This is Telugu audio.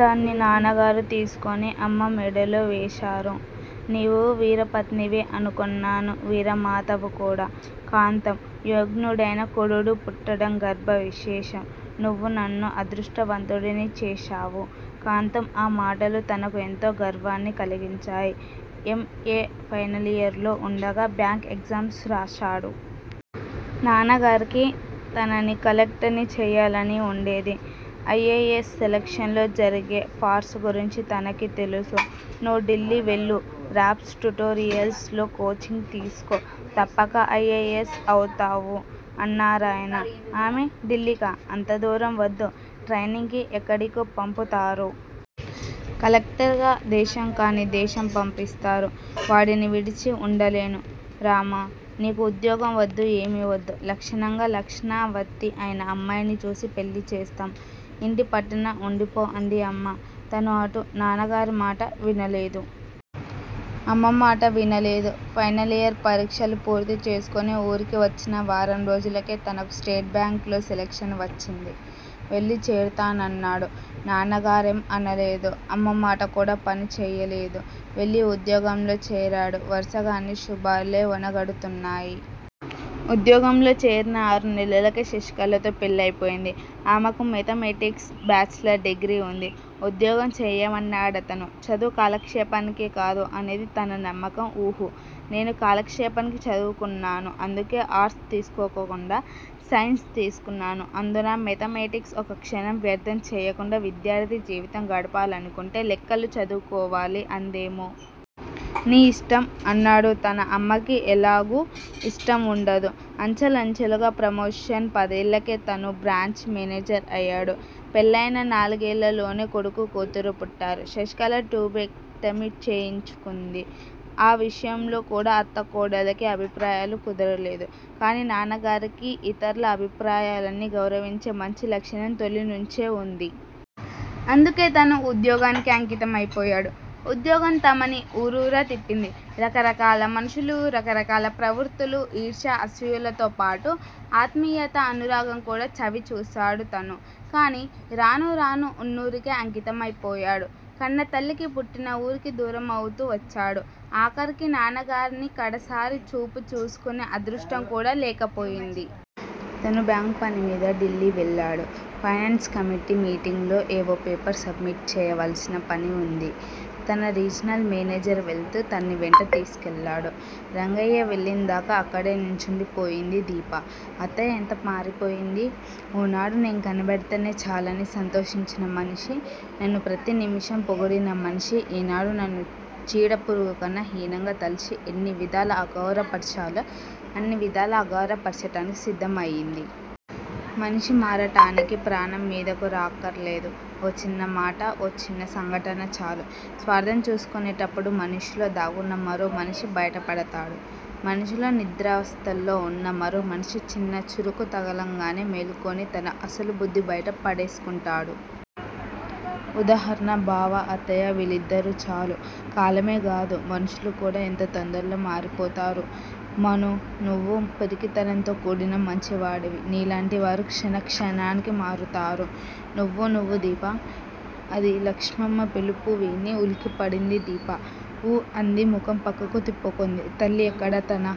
దాన్ని నాన్నగారు తీసుకుని అమ్మ మెడలో వేశారు! నీవు వీరపత్నివే అనుకొన్నాను వీరమాతావు కూడా! కాంతం! యోగ్యుడైన కొడుడు పుట్టటం గర్భ విశేషం నువు నన్ను అదృష్టవంతుడిని చేశావు కాంతం ఆ మాటలు తనకు ఎంతో గర్వాన్ని కలిగించాయి. ఎంఏ ఫైనలియర్ లో వుండగా బ్యాంక్ ఎగ్జామ్స్ రాశాడు! నాన్నగారికి తనని కలెక్టర్ని చేయాలని వుండేది. ఐ. ఏ. యస్. సెలక్షన్స్ లో జరిగే ఫార్సు గురించి తనకి తెలుసు నువు డిల్లి వెళ్ళు రాప్స్ ట్యుటోరియల్స్ లో కోచింగ్ తీసుకో తప్పక ఐ. ఏ. యస్. అవుతావు అన్నారాయన. ఆమె! డిల్లికా! అంతదూరం వద్దు, ట్రైనింగ్ కి ఎక్కడికో పంపుతారు. కలెక్టర్ గా దేశం కానీ దేశం పంపిస్తారు. వాడిని విడిచి వుండలేను. రామా! నీకు ఉద్యోగం వద్దు ఏమి వద్దు లక్షణంగా లక్షణవతి అయిన అమ్మాయిని చూసి పెళ్ళి చేస్తాం. ఇంటి పట్టున వుండిపో అంది అమ్మ. తను అటూ నాన్న గారి మాట వినలేదు. అమ్మ మాట వినలేదు. ఫైనలియర్ పరిక్షలు పూర్తి చేసుకుని ఊరికి వచ్చిన వారం రోజులకే తనకు స్టేట్ బ్యాంక్ లో సెలక్షన్ వచ్చింది. వెళ్ళి చేరతానన్నాడు. నాన్నగారేం అనలేదు. అమ్మ మాట కూడా పని చేయలేదు. వెళ్ళి ఉద్యోగంలో చేరాడు వరుసగా అన్ని శుభాలే ఒనగుడుతున్నాయి. ఉద్యోగంలో చేరిన ఆరు నేలలకే శశికళ తో పెళ్ళయిపోయింది. ఆమెకి మేధామేటిక్స్ బాచిలర్ డిగ్రి ఉంది. ఉద్యోగం చేయమన్నాడతను, చదువు కాలక్షేపానికి కాదు అనేది తన నమ్మకం. ఉహూ! నేను కాలక్షేపానికి చదువుకున్నాను అందుకే అర్స్ తీసుకోకుండా సైన్స్ తీసుకున్నాను. అందునా మేధామేటిక్స్. ఒక్క క్షణం వ్యర్ధం చెయ్యకుండా విద్యార్ధి జీవితం గడపాలనుకుంటే లెక్కలు చదువుకోవాలి అందెమె. నీ ఇష్టం! అన్నాడు తను అమ్మకి ఎలాగూ ఇష్టం వుండదు. అంచెలంచెలుగా ప్రమోషన్ పదేళ్ళకే తను బ్రాంచి మేనేజర్ అయ్యాడు. పెళ్ళయిన నాలుగేళ్ళలోనే కొడుకు కూతురు పుట్టారు. శశికళ ట్యుబేక్టమి చేయించుకుంది. ఆ విషయంలో కూడా అత్తా కోడళ్ళకి అభిప్రాయాలు కుదరలేదు. కానీ నాన్నగారికి ఇతర్ల అభిప్రాయాలని గౌరవించే మంచి లక్షణం తొలి నుంచే వుంది. అందుకే తను ఉద్యోగానికి అంకితమై పోయాడు. ఉద్యోగం తమని ఊరూరా తిప్పింది. రకరకాల మనుషులు. రకరకాల ప్రవృత్తులు ఈర్ష్య, అసుయలతో పాటు ఆత్మీయత, అనురాగం కూడా చవి చూశాడు తను. కానీ రాను రానూ వున్నురికే అంకితమైపోయాడు. కన్నతల్లికి పుట్టిన ఊరికి దూరమవుతూ వచ్చాడు. ఆఖరికి నాన్నగారిని కడసారి చూపు చూసుకునే అదృష్టం కూడా లేకపోయింది. తను బ్యాంక్ పని మీద డిల్లి వెళ్ళాడు. పైనాన్స్ కమిటి మీటింగ్ లో ఏవో పేపర్స్ సబ్మిట్ చేయవలసిన పని వుంది. తన రీజనల్ మేనేజర్ వెళుతూ తన్ని వెంట తీసుకెళ్ళాడు. రంగయ్య వెళ్ళిందాకా అక్కడే నుంచుండి పోయింది దీప. అత్తయ్య ఎంత మారిపోయింది. ఓనాడు నే కనపడితేనే చాలని సంతోషించిన మనిషి నన్ను ప్రతి నిమిషం పొగిడిన మనిషి ఈనాడు నన్ను చీడ పురుగుకన్నా హీనంగా తలచి ఎన్ని విధాల అగౌరపర్చాలో అన్ని విధాలా అగౌర పర్చటానికి సిద్ధం అయింది. మనిషి మారటానికి ప్రాణం మీదకు రా అక్కరలేదు. ఓ చిన్నమాట, ఓ చిన్న సంఘటన చాలు. స్వార్ధం చూసుకునేటప్పుడు మనిషిలో దాగున్న మరో మనిషి బైట పడతాడు. మనిషిలో నిద్రావస్తలో వున్న మరో మనిషి చిన్న చురుకు తగలంగానే మేల్కొని తన అసలు బుద్ధి బైట పడేసుకుంటాడు. ఉదాహరణ బావ, అత్తయ్య వీళ్ళిద్దరూ చాలు. కాలమే గాదు మనుషులు కూడా ఎంత తొందరలో మారిపోతారు. మనూ! నువ్వు పిరికితనంతో కూడిన మంచివాడివి. నీలాంటి వారు క్షణక్షణానికి మారుతారు. నువ్వు నువ్వు దీపా! ఆది లక్ష్మమ్మ పిలుపువిని ఉలిక్కిపడింది దీప. ఊ అంది ముఖం పక్కకు తిప్పుకుంది. తల్లి ఎక్కడ తన